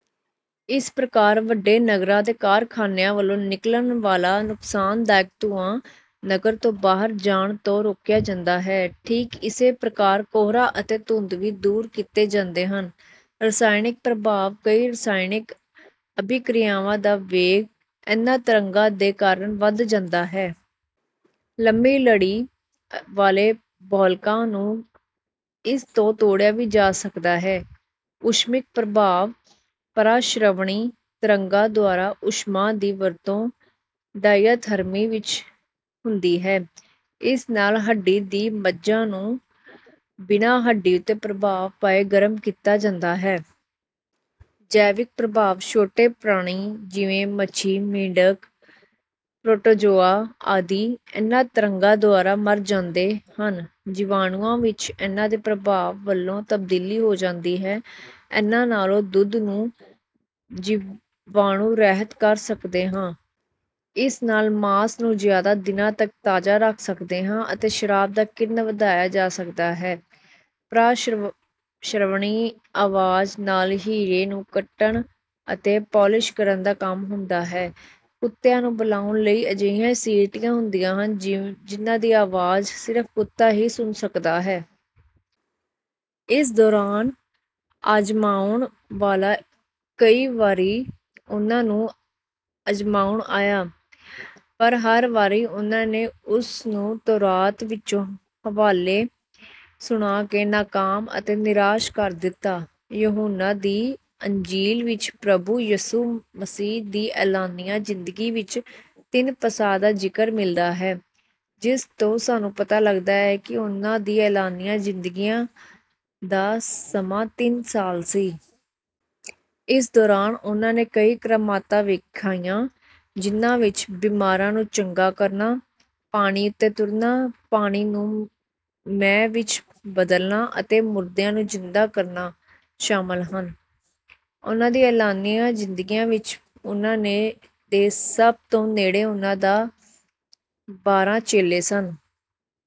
ਇਸ ਪ੍ਰਕਾਰ ਵੱਡੇ ਨਗਰਾਂ ਦੇ ਕਾਰਖਾਨਿਆਂ ਵੱਲੋਂ ਨਿਕਲਣ ਵਾਲਾ ਨੁਕਸਾਨਦਾਇਕ ਧੂੰਆਂ ਨਗਰ ਤੋਂ ਬਾਹਰ ਜਾਣ ਤੋਂ ਰੋਕਿਆ ਜਾਂਦਾ ਹੈ। ਠੀਕ ਇਸੇ ਪ੍ਰਕਾਰ ਕੋਹਰਾ ਅਤੇ ਧੁੰਦ ਵੀ ਦੂਰ ਕੀਤੇ ਜਾਂਦੇ ਹਨ। ਰਸਾਇਣਕ ਪ੍ਰਭਾਵ: ਕਈ ਰਸਾਇਣਕ ਅਭਿਕ੍ਰਿਆਵਾਂ ਦਾ ਵੇਗ ਇਨ੍ਹਾਂ ਤਰੰਗਾਂ ਦੇ ਕਾਰਨ ਵੱਧ ਜਾਂਦਾ ਹੈ। ਲੰਮੀ ਲੜੀ ਵਾਲੇ ਬਹੁਲਕਾਂ ਨੂੰ ਇਸ ਤੋਂ ਤੋੜਿਆ ਵੀ ਜਾ ਸਕਦਾ ਹੈ। ਊਸ਼ਮਿਕ ਪ੍ਰਭਾਵ: ਪਰਾ-ਸ਼ਰਵਣੀ ਤਰੰਗਾਂ ਦੁਆਰਾ ਊਸ਼ਮਾ ਦੀ ਵਰਤੋਂ ਡਾਇਆਥਰਮੀ ਵਿੱਚ ਹੁੰਦੀ ਹੈ। ਇਸ ਨਾਲ ਹੱਡੀ ਦੀ ਮੱਝਾ ਨੂੰ, ਬਿਨਾਂ ਹੱਡੀ ਉੱਤੇ ਪ੍ਰਭਾਵ ਪਾਏ, ਗਰਮ ਕੀਤਾ ਜਾਂਦਾ ਹੈ। ਜੈਵਿਕ ਪ੍ਰਭਾਵ: ਛੋਟੇ ਪ੍ਰਾਣੀ, ਜਿਵੇਂ ਮੱਛੀ, ਮੇਂਢਕ, ਪ੍ਰੋਟੋਜ਼ੋਆ ਆਦਿ, ਇਨ੍ਹਾਂ ਤਰੰਗਾਂ ਦੁਆਰਾ ਮਰ ਜਾਂਦੇ ਹਨ। ਜੀਵਾਣੂਆਂ ਵਿੱਚ ਇਨ੍ਹਾਂ ਦੇ ਪ੍ਰਭਾਵ ਵੱਲੋਂ ਤਬਦੀਲੀ ਹੋ ਜਾਂਦੀ ਹੈ। ਇਨ੍ਹਾਂ ਨਾਲੋਂ ਦੁੱਧ ਨੂੰ ਜੀਵਾਣੂ-ਰਹਿਤ ਕਰ ਸਕਦੇ ਹਾਂ। ਇਸ ਨਾਲ ਮਾਸ ਨੂੰ ਜ਼ਿਆਦਾ ਦਿਨਾਂ ਤੱਕ ਤਾਜ਼ਾ ਰੱਖ ਸਕਦੇ ਹਾਂ ਅਤੇ ਸ਼ਰਾਬ ਦਾ ਕਿਰਨ ਵਧਾਇਆ ਜਾ ਸਕਦਾ ਹੈ। ਪਰਾ-ਸ਼ਰਵਣੀ ਆਵਾਜ਼ ਨਾਲ ਹੀਰੇ ਨੂੰ ਕੱਟਣ ਅਤੇ ਪਾਲਿਸ਼ ਕਰਨ ਦਾ ਕੰਮ ਹੁੰਦਾ ਹੈ। ਕੁੱਤਿਆਂ ਨੂੰ ਬੁਲਾਉਣ ਲਈ ਅਜਿਹੀਆਂ ਸੀਟੀਆਂ ਹੁੰਦੀਆਂ ਹਨ ਜਿਨ੍ਹਾਂ ਦੀ ਆਵਾਜ਼ ਸਿਰਫ਼ ਕੁੱਤਾ ਹੀ ਸੁਣ ਸਕਦੇ ਹਨ। ਇਸ ਦੌਰਾਨ ਆਜ਼ਮਾਉਣ ਵਾਲਾ ਕਈ ਵਾਰੀ ਉਨ੍ਹਾਂ ਨੂੰ ਆਜ਼ਮਾਉਣ ਆਇਆ, ਪਰ ਹਰ ਵਾਰੀ ਉਨ੍ਹਾਂ ਨੇ ਉਸ ਨੂੰ ਤੋਰਾਤ ਵਿੱਚੋਂ ਹਵਾਲੇ ਸੁਣਾ ਕੇ ਨਾਕਾਮ ਅਤੇ ਨਿਰਾਸ਼ ਕਰ ਦਿੱਤਾ। ਯੁਹੰਨਾ ਦੀ ਅੰਜੀਲ ਵਿੱਚ ਪ੍ਰਭੂ ਯਿਸੂ ਮਸੀਹ ਦੀ ਐਲਾਨੀਆ ਜ਼ਿੰਦਗੀ ਵਿੱਚ ਤਿੰਨ ਪਸਾਹ ਦਾ ਜ਼ਿਕਰ ਮਿਲਦਾ ਹੈ, ਜਿਸ ਤੋਂ ਸਾਨੂੰ ਪਤਾ ਲੱਗਦਾ ਹੈ ਕਿ ਉਨ੍ਹਾਂ ਦੀ ਐਲਾਨੀਆ ਜ਼ਿੰਦਗੀ ਦਾ ਸਮਾਂ ਤਿੰਨ ਸਾਲ ਸੀ। ਇਸ ਦੌਰਾਨ ਉਨ੍ਹਾਂ ਨੇ ਕਈ ਕਰਾਮਾਤਾਂ ਵਿਖਾਈਆਂ, ਜਿਨ੍ਹਾਂ ਵਿੱਚ ਬਿਮਾਰਾਂ ਨੂੰ ਚੰਗਾ ਕਰਨਾ, ਪਾਣੀ ਉੱਤੇ ਤੁਰਨਾ, ਪਾਣੀ ਨੂੰ ਮੈਅ ਵਿੱਚ ਬਦਲਣਾ ਅਤੇ ਮੁਰਦਿਆਂ ਨੂੰ ਜ਼ਿੰਦਾ ਕਰਨਾ ਸ਼ਾਮਲ ਹਨ। ਉਨ੍ਹਾਂ ਦੀ ਐਲਾਨੀਆ ਜ਼ਿੰਦਗੀਆ ਵਿੱਚ ਉਨ੍ਹਾਂ ਦੇ ਸਭ ਤੋਂ ਨੇੜੇ ਉਨ੍ਹਾਂ ਦੇ ਬਾਰਾਂ ਚੇਲੇ ਸਨ।